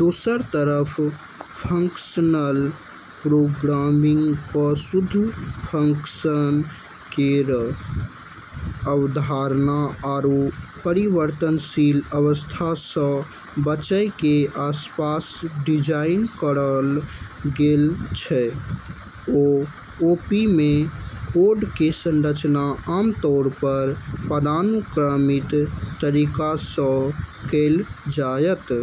दोसरऽ तरफ functional programming क॑ शुद्ध फंक्शन केरऽ अवधारणा आरू परिवर्तनशील अवस्था स॑ बचै के आसपास डिजाइन करलऽ गेलऽ छै। ओओपी मे कोड कें संरचना आम तौर पर पदानुक्रमित तरीका सं कैल जायत छै,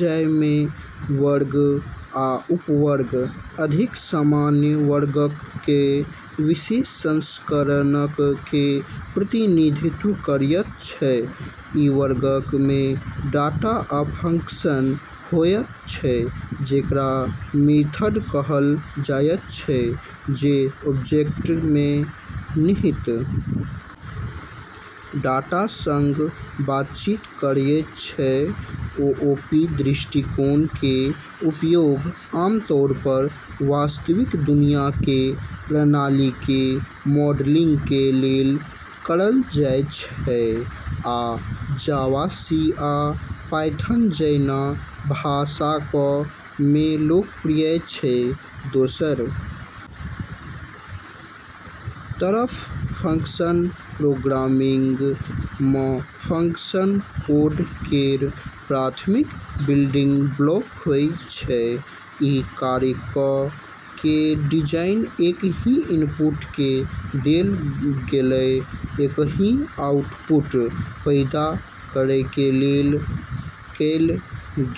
जइ मे वर्ग आ उपवर्ग अधिक सामान्य वर्गक कें विशेष संस्करणक कें प्रतिनिधित्व करयत छै, इ वर्गक मे डाटा आ फंक्शन होयत छै जेकरा मेथड कहल जायत छै जे ऑब्जेक्ट मे निहित डाटा सं बातचीत करयत छै, ओओपी दृष्टिकोण कें उपयोग आमतौर पर वास्तविक दुनिया कें प्रणाली कें मॉडलिंग कें लेल करल जाय छै आ जावा, सी आ पायथन जैना भाषाक मे लोकप्रिय छै, दोसरऽ तरफ, फंक्शनल प्रोग्रामिंग म॑ फंक्शन कोड केरऽ प्राथमिक बिल्डिंग ब्लॉक होय छै, ई कार्यक कें डिजाइन एकहि इनपुट कें देल गेलय एकहि आउटपुट पैदा करय कें लेल कैल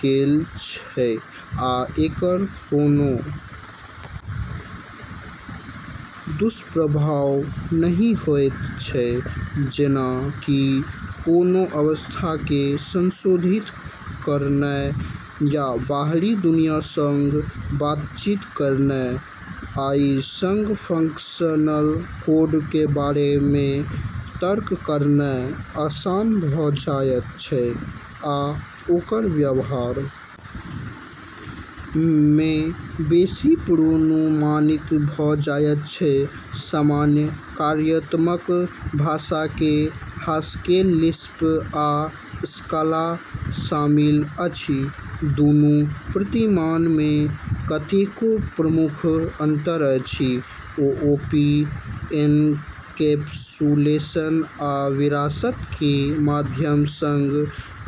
गेल छै आ एकर कोनों दुष्प्रभाव नहि होयत छै जेना कि कोनों अवस्था कें संशोधित करनाय या बाहरी दुनिया सं बातचीत करनाय, अइ सं फंक्शनल कोड कें बारे मे तर्क करनाय आसान भ जायत छै आ ओकर व्यवहार मे बेसि पूर्वानुमानित भ जायत छै, सामान्य कार्यात्मक भाषा मे हास्केल, लिस्प आ स्काला शामिल अछि, दुनू प्रतिमान मे कतेको प्रमुख अंतर अछि, ओओपी एनकैप्सुलेशन आ विरासत कें माध्यम सं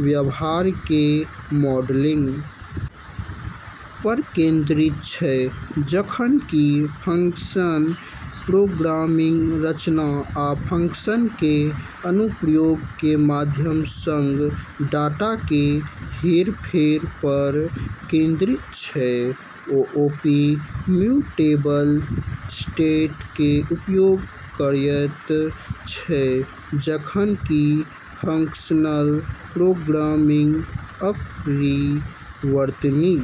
व्यवहार कें मॉडलिंग पर केंद्रित छै जखन कि फंक्शनल प्रोग्रामिंग रचना आ फंक्शन कें अनुप्रयोग कें माध्यम सं डाटा कें हेरफेर पर केंद्रित छै, ओओपी म्यूटेबल स्टेट कें उपयोग करयत छै जखन कि फंक्शनल प्रोग्रामिंग अपरिवर्तनीय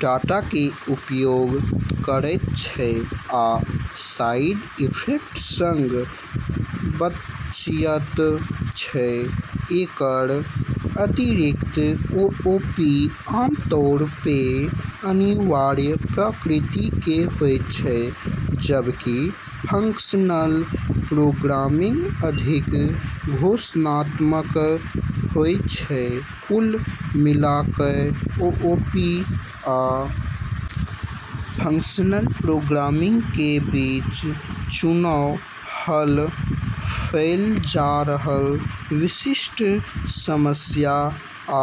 डाटा कें उपयोग करयत छै आ साइड इफेक्ट सं बचयत छै, एकरऽ अतिरिक्त, ओओपी आम तौर पे अनिवार्य प्रकृति के होय छै, जबकि फंक्शनल प्रोग्रामिंग अधिक घोषणात्मक होय छै, कुल मिलाकय ओओपी आ फंक्शनल प्रोग्रामिंग कें बीच चुनाव हल कैल जा रहल विशिष्ट समस्या आ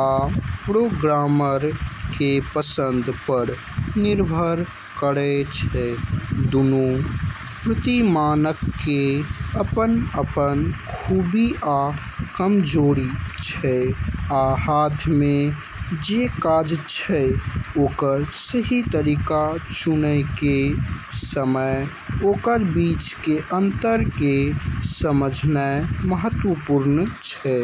प्रोग्रामर कें पसंद पर निर्भर करय छै, दुनू प्रतिमानक कें अपन-अपन खूबी आ कमजोरी छै आ हाथ मे जे काज छै ओकर सही तरीका चुनय कें समय ओकर बीच कें अंतर कें समझनाय महत्वपूर्ण छै।